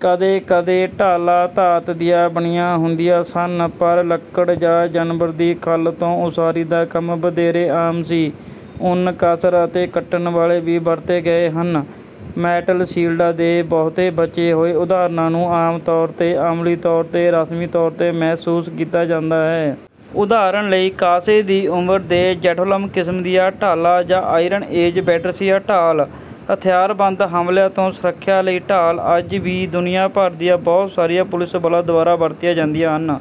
ਕਦੇ-ਕਦੇ ਢਾਲਾਂ ਧਾਤ ਦੀਆਂ ਬਣੀਆਂ ਹੁੰਦੀਆਂ ਸਨ, ਪਰ ਲੱਕੜ ਜਾਂ ਜਾਨਵਰ ਦੀ ਖੱਲ ਤੋਂ ਉਸਾਰੀ ਦਾ ਕੰਮ ਵਧੇਰੇ ਆਮ ਸੀ। ਉੱਨ, ਕਸਰ ਅਤੇ ਕੱਟਣ ਵਾਲੇ ਵੀ ਵਰਤੇ ਗਏ ਹਨ। ਮੈਟਲ ਸ਼ੀਲਡਾਂ ਦੇ ਬਹੁਤੇ ਬਚੇ ਹੋਏ ਉਦਾਹਰਣਾਂ ਨੂੰ ਆਮ ਤੌਰ 'ਤੇ ਅਮਲੀ ਤੌਰ 'ਤੇ ਰਸਮੀ ਤੌਰ 'ਤੇ ਮਹਿਸੂਸ ਕੀਤਾ ਜਾਂਦਾ ਹੈ। ਉਦਾਹਰਨ ਲਈ, ਕਾਂਸੇ ਦੀ ਉਮਰ ਦੇ ਯੈਠੋਲਮ-ਕਿਸਮ ਦੀਆਂ ਢਾਲਾਂ ਜਾਂ ਆਇਰਨ ਏਜ ਬੈਟਰਸੀਆ ਢਾਲ। ਹਥਿਆਰਬੰਦ ਹਮਲਿਆਂ ਤੋਂ ਸੁਰੱਖਿਆ ਲਈ ਢਾਲ ਅੱਜ ਵੀ ਦੁਨੀਆਂ ਭਰ ਦੀਆਂ ਬਹੁਤ ਸਾਰੀਆਂ ਪੁਲਿਸ ਬਲਾਂ ਦੁਆਰਾ ਵਰਤੀਆਂ ਜਾਂਦੀਆਂ ਹਨ।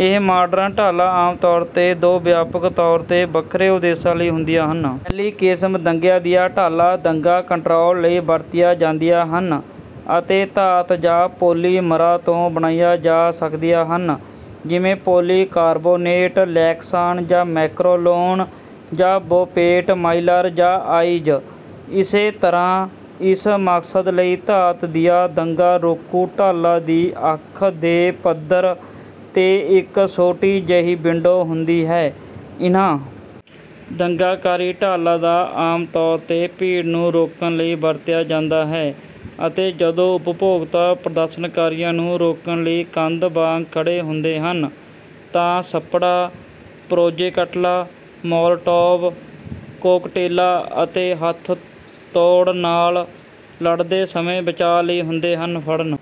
ਇਹ ਮਾਡਰਨ ਢਾਲਾਂ ਆਮ ਤੌਰ 'ਤੇ ਦੋ ਵਿਆਪਕ ਤੌਰ 'ਤੇ ਵੱਖਰੇ ਉਦੇਸ਼ਾਂ ਲਈ ਹੁੰਦੀਆਂ ਹਨ। ਪਹਿਲੀ ਕਿਸਮ, ਦੰਗਿਆਂ ਦੀਆਂ ਢਾਲਾਂ, ਦੰਗਾ ਕੰਟਰੋਲ ਲਈ ਵਰਤੀਆਂ ਜਾਂਦੀਆਂ ਹਨ ਅਤੇ ਧਾਤ ਜਾਂ ਪੋਲੀਮਰਾਂ ਤੋਂ ਬਣਾਈਆਂ ਜਾ ਸਕਦੀਆਂ ਹਨ, ਜਿਵੇਂ ਪੌਲੀਕਾਰਬੋਨੇਟ, ਲੇਕਸਾਨ ਜਾਂ ਮੈਕਰੋਲੋਨ, ਜਾਂ ਬੋਪੇਟ ਮਾਈਲਰ ਜਾਂ ਆਈਜ਼। ਇਸੇ ਤਰ੍ਹਾਂ, ਇਸ ਮਕਸਦ ਲਈ ਧਾਤ ਦੀਆਂ ਦੰਗਾ-ਰੋਕੂ ਢਾਲਾਂ ਦੀ ਅੱਖ ਦੇ ਪੱਧਰ 'ਤੇ ਇੱਕ ਛੋਟੀ ਜਿਹੀ ਵਿੰਡੋ ਹੁੰਦੀ ਹੈ। ਇਨ੍ਹਾਂ ਦੰਗਾਕਾਰੀ ਢਾਲਾਂ ਦਾ ਆਮ ਤੌਰ 'ਤੇ ਭੀੜ ਨੂੰ ਰੋਕਣ ਲਈ ਵਰਤਿਆ ਜਾਂਦਾ ਹੈ ਅਤੇ ਜਦੋਂ ਉਪਭੋਗਤਾ ਪ੍ਰਦਰਸ਼ਨਕਾਰੀਆਂ ਨੂੰ ਰੋਕਣ ਲਈ “ਕੰਧ” ਵਾਂਗ ਖੜ੍ਹੇ ਹੁੰਦੇ ਹਨ, ਤਾਂ ਛੱਪੜਾਂ, ਪ੍ਰੋਜੇਕਟਲਾਂ, ਮੋਲਟੋਵ ਕੋਕਟੇਲਾਂ ਅਤੇ ਹੱਥ-ਤੋੜ ਨਾਲ ਲੜਦੇ ਸਮੇਂ ਬਚਾਅ ਲਈ ਹੁੰਦੇ ਹਨ। ਫੜ੍ਹਨ,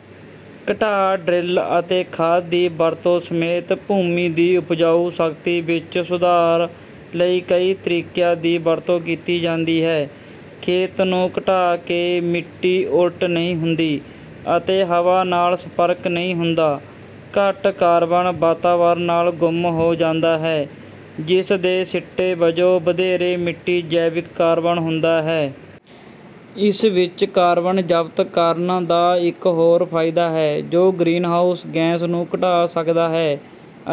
ਘਟਾਅ, ਡਰਿਲ ਅਤੇ ਖਾਦ ਦੀ ਵਰਤੋਂ ਸਮੇਤ ਭੂਮੀ ਦੀ ਉਪਜਾਊ ਸ਼ਕਤੀ ਵਿੱਚ ਸੁਧਾਰ ਲਈ ਕਈ ਤਰੀਕਿਆਂ ਦੀ ਵਰਤੋਂ ਕੀਤੀ ਜਾਂਦੀ ਹੈ। ਖੇਤ ਨੂੰ ਘਟਾ ਕੇ, ਮਿੱਟੀ ਉਲਟ ਨਹੀਂ ਹੁੰਦੀ ਅਤੇ ਹਵਾ ਨਾਲ ਸੰਪਰਕ ਨਹੀਂ ਹੁੰਦਾ; ਘੱਟ ਕਾਰਬਨ ਵਾਤਾਵਰਣ ਨਾਲ ਗੁੰਮ ਹੋ ਜਾਂਦਾ ਹੈ, ਜਿਸ ਦੇ ਸਿੱਟੇ ਵਜੋਂ ਵਧੇਰੇ ਮਿੱਟੀ ਜੈਵਿਕ ਕਾਰਬਨ ਹੁੰਦਾ ਹੈ। ਇਸ ਵਿੱਚ ਕਾਰਬਨ ਜ਼ਬਤ ਕਰਨ ਦਾ ਇੱਕ ਹੋਰ ਫਾਇਦਾ ਹੈ, ਜੋ ਗ੍ਰੀਨਹਾਊਸ ਗੈਸ ਨੂੰ ਘਟਾ ਸਕਦਾ ਹੈ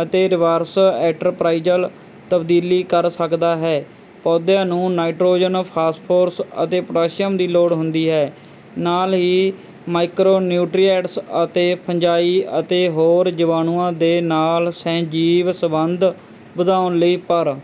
ਅਤੇ ਰਿਵਰਸ ਐਂਟਰਪ੍ਰਾਈਜ਼ਲ ਤਬਦੀਲੀ ਕਰ ਸਕਦਾ ਹੈ। ਪੌਦਿਆਂ ਨੂੰ ਨਾਈਟ੍ਰੋਜਨ, ਫਾਸਫੋਰਸ ਅਤੇ ਪੋਟਾਸ਼ੀਅਮ ਦੀ ਲੋੜ ਹੁੰਦੀ ਹੈ, ਨਾਲ ਹੀ ਮਾਇਕ੍ਰੋਨਿਊਟ੍ਰੀਐਂਟਸ ਅਤੇ ਫੰਜਾਈ ਅਤੇ ਹੋਰ ਜੀਵਾਣੂਆਂ ਦੇ ਨਾਲ ਸਹਿਜੀਵ ਸੰਬੰਧ ਵਧਾਉਣ ਲਈ, ਪਰ...